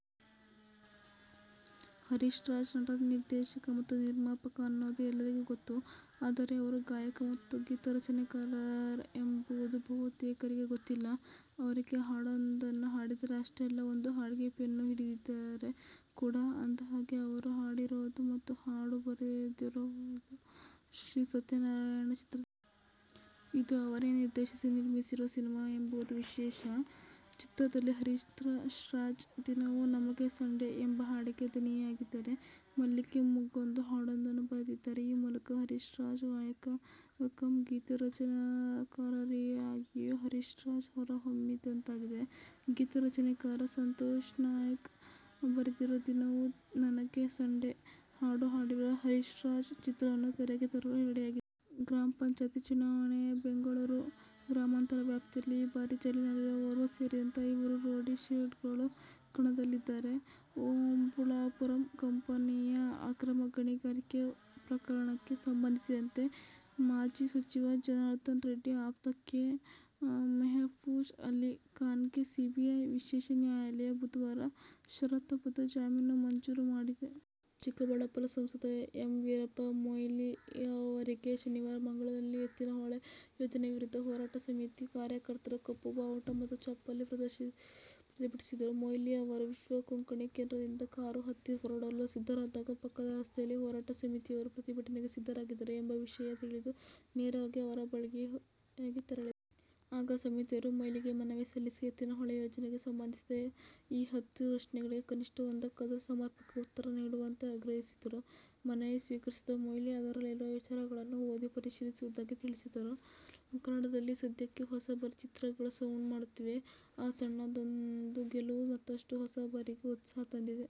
ಹರೀಶ್ರಾಜ್ ನಟ, ನಿರ್ದೇಶಕ ಮತ್ತು ನಿರ್ಮಾಪಕ ಅನ್ನೋದು ಎಲ್ಲರಿಗೂ ಗೊತ್ತು. ಆದರೆ ಅವರು ಗಾಯಕ ಮತ್ತು ಗೀತರಚನೆಕಾರ ಎಂಬುದು ಬಹುತೇಕರಿಗೆ ಗೊತ್ತಿಲ್ಲ. ಅವರೀಗ ಹಾಡೊಂದನ್ನು ಹಾಡಿದ್ದಾರೆ. ಅಷ್ಟೇ ಅಲ್ಲ, ಒಂದು ಹಾಡಿಗೆ ಪೆನ್ನು ಹಿಡಿದಿದ್ದಾರೆ ಕೂಡ. ಅಂದಹಾಗೆ, ಅವರು ಹಾಡಿರೋದು ಮತ್ತು ಹಾಡು ಬರೆದಿರೋದು "ಶ್ರೀ ಸತ್ಯನಾರಾಯಣ' ಚಿತ್ರದಲ್ಲಿ. ಇದು ಅವರೇ ನಿರ್ದೇಶಿಸಿ, ನಿರ್ಮಿಸಿರುವ ಸಿನಿಮಾ ಎಂಬುದು ವಿಶೇಷ. ಚಿತ್ರದಲ್ಲಿ ಹರೀಶ್ರಾಜ್ "ದಿನವು ನನಗೆ ಸಂಡೇ' ಎಂಬ ಹಾಡಿಗೆ ದನಿಯಾಗಿದ್ದಾರೆ. "ಮಲ್ಲಿಗೆ ಮೊಗ್ಗೊಂದು' ಹಾಡೊಂದನ್ನು ಬರೆದಿದ್ದಾರೆ. ಈ ಮೂಲಕ ಹರೀಶ್ರಾಜ್, ಗಾಯಕ ಕಮ್ ಗೀತರಚನೆಕಾರರಾಗಿಯೂ ಹರೀಶ್ರಾಜ್ ಹೊರಹೊಮ್ಮಿದಂತಾಗಿದೆ. ಗೀತರಚನೆಕಾರ ಸಂತೋಷ್ನಾಯಕ್ ಬರೆದಿರುವ "ದಿನವು ನನಗೆ ಸಂಡೇ' ಹಾಡು ಹಾಡಿರುವ ಹರೀಶ್ರಾಜ್, ಚಿತ್ರವನ್ನು ತೆರೆಗೆ ತರಲು ರೆಡಿಯಾಗಿದ್ದಾರೆ. ಗ್ರಾಮ ಪಂಚಾಯ್ತಿ ಚುನಾವಣೆಯ ಬೆಂಗಳೂರು ಗ್ರಾಮಾಂತರ ವ್ಯಾಪ್ತಿಯಲ್ಲಿ ಈ ಬಾರಿ ಜೈಲಿನಲ್ಲಿರುವ ಓರ್ವ ಸೇರಿದಂತೆ ಐವರು ರೌಡಿ ಶೀಟರ್ಗಳು ಕಣದಲ್ಲಿದ್ದಾರೆ. ಓಬುಳಾಪುರಂ ಕಂಪನಿಯ ಅಕ್ರಮ ಗಣಿಗಾರಿಕೆ ಪ್ರಕರಣಕ್ಕೆ ಸಂಬಂಧಿಸಿದಂತೆ ಮಾಜಿ ಸಚಿವ ಜನಾರ್ದನ ರೆಡ್ಡಿ ಆಪ್ತ ಕೆ. ಮೆಹಫೂಜ್ ಅಲಿ ಖಾನ್ಗೆ ಸಿಬಿಐ ವಿಶೇಷ ನ್ಯಾಯಾಲಯು ಬುಧವಾರ ಷರತ್ತುಬದ್ಧ ಜಾಮೀನು ಮಂಜೂರು ಮಾಡಿದೆ. ಚಿಕ್ಕಬಳ್ಳಾಪುರ ಸಂಸದ ಎಂ. ವೀರಪ್ಪ ಮೊಯ್ಲಿ ಅವರಿಗೆ ಶನಿವಾರ ಮಂಗಳೂರಿನಲ್ಲಿ ಎತ್ತಿನಹೊಳೆ ಯೋಜನೆ ವಿರೋಧಿ ಹೋರಾಟ ಸಮಿತಿ ಕಾರ್ಯಕರ್ತರು ಕಪ್ಪು ಬಾವುಟ ಮತ್ತು ಚಪ್ಪಲಿ ಪ್ರದರ್ಶಿಸಿ ಪ್ರತಿಭಟಿಸಿದರು. ಮೊಯ್ಲಿ ಅವರು ವಿಶ್ವ ಕೊಂಕಣಿ ಕೇಂದ್ರದಿಂದ ಕಾರು ಹತ್ತಿ ಹೊರಡಲು ಸಿದ್ಧರಾದಾಗ ಪಕ್ಕದ ರಸ್ತೆಯಲ್ಲಿ ಹೋರಾಟ ಸಮಿತಿಯವರು ಪ್ರತಿಭಟನೆಗೆ ಸಿದ್ಧರಾಗಿದ್ದಾರೆ ಎಂಬ ವಿಷಯ ತಿಳಿದು ನೇರವಾಗಿ ಅವರ ಬಳಿಗೆ ತೆರಳಿದರು. ಆಗ ಸಮಿತಿಯವರು ಮೊಯ್ಲಿಗೆ ಮನವಿ ಸಲ್ಲಿಸಿ ಎತ್ತಿನಹೊಳೆ ಯೋಜನೆಗೆ ಸಂಬಂಧಿಸಿದ ಈ ಹತ್ತು ಪ್ರಶ್ನೆಗಳಲ್ಲಿ ಕನಿಷ್ಠ ಒಂದಕ್ಕಾದರೂ ಸಮರ್ಪಕ ಉತ್ತರ ನೀಡುವಂತೆ ಆಗ್ರಹಿಸಿದರು. ಮನವಿ ಸ್ವೀಕರಿಸಿದ ಮೊಯ್ಲಿ ಅದರಲ್ಲಿರುವ ವಿಚಾರಗಳನ್ನು ಓದಿ ಪರಿಶೀಲಿಸುವುದಾಗಿ ತಿಳಿಸಿದರು. ಕನ್ನಡದಲ್ಲಿ ಸದ್ಯಕ್ಕೆ ಹೊಸಬರ ಚಿತ್ರಗಳು ಸೌಂಡು ಮಾಡುತ್ತಿವೆ. ಆ ಸಣ್ಣದೊಂದು ಗೆಲುವು ಮತ್ತಷ್ಟು ಹೊಸಬರಿಗೆ ಉತ್ಸಾಹ ತಂದಿದೆ.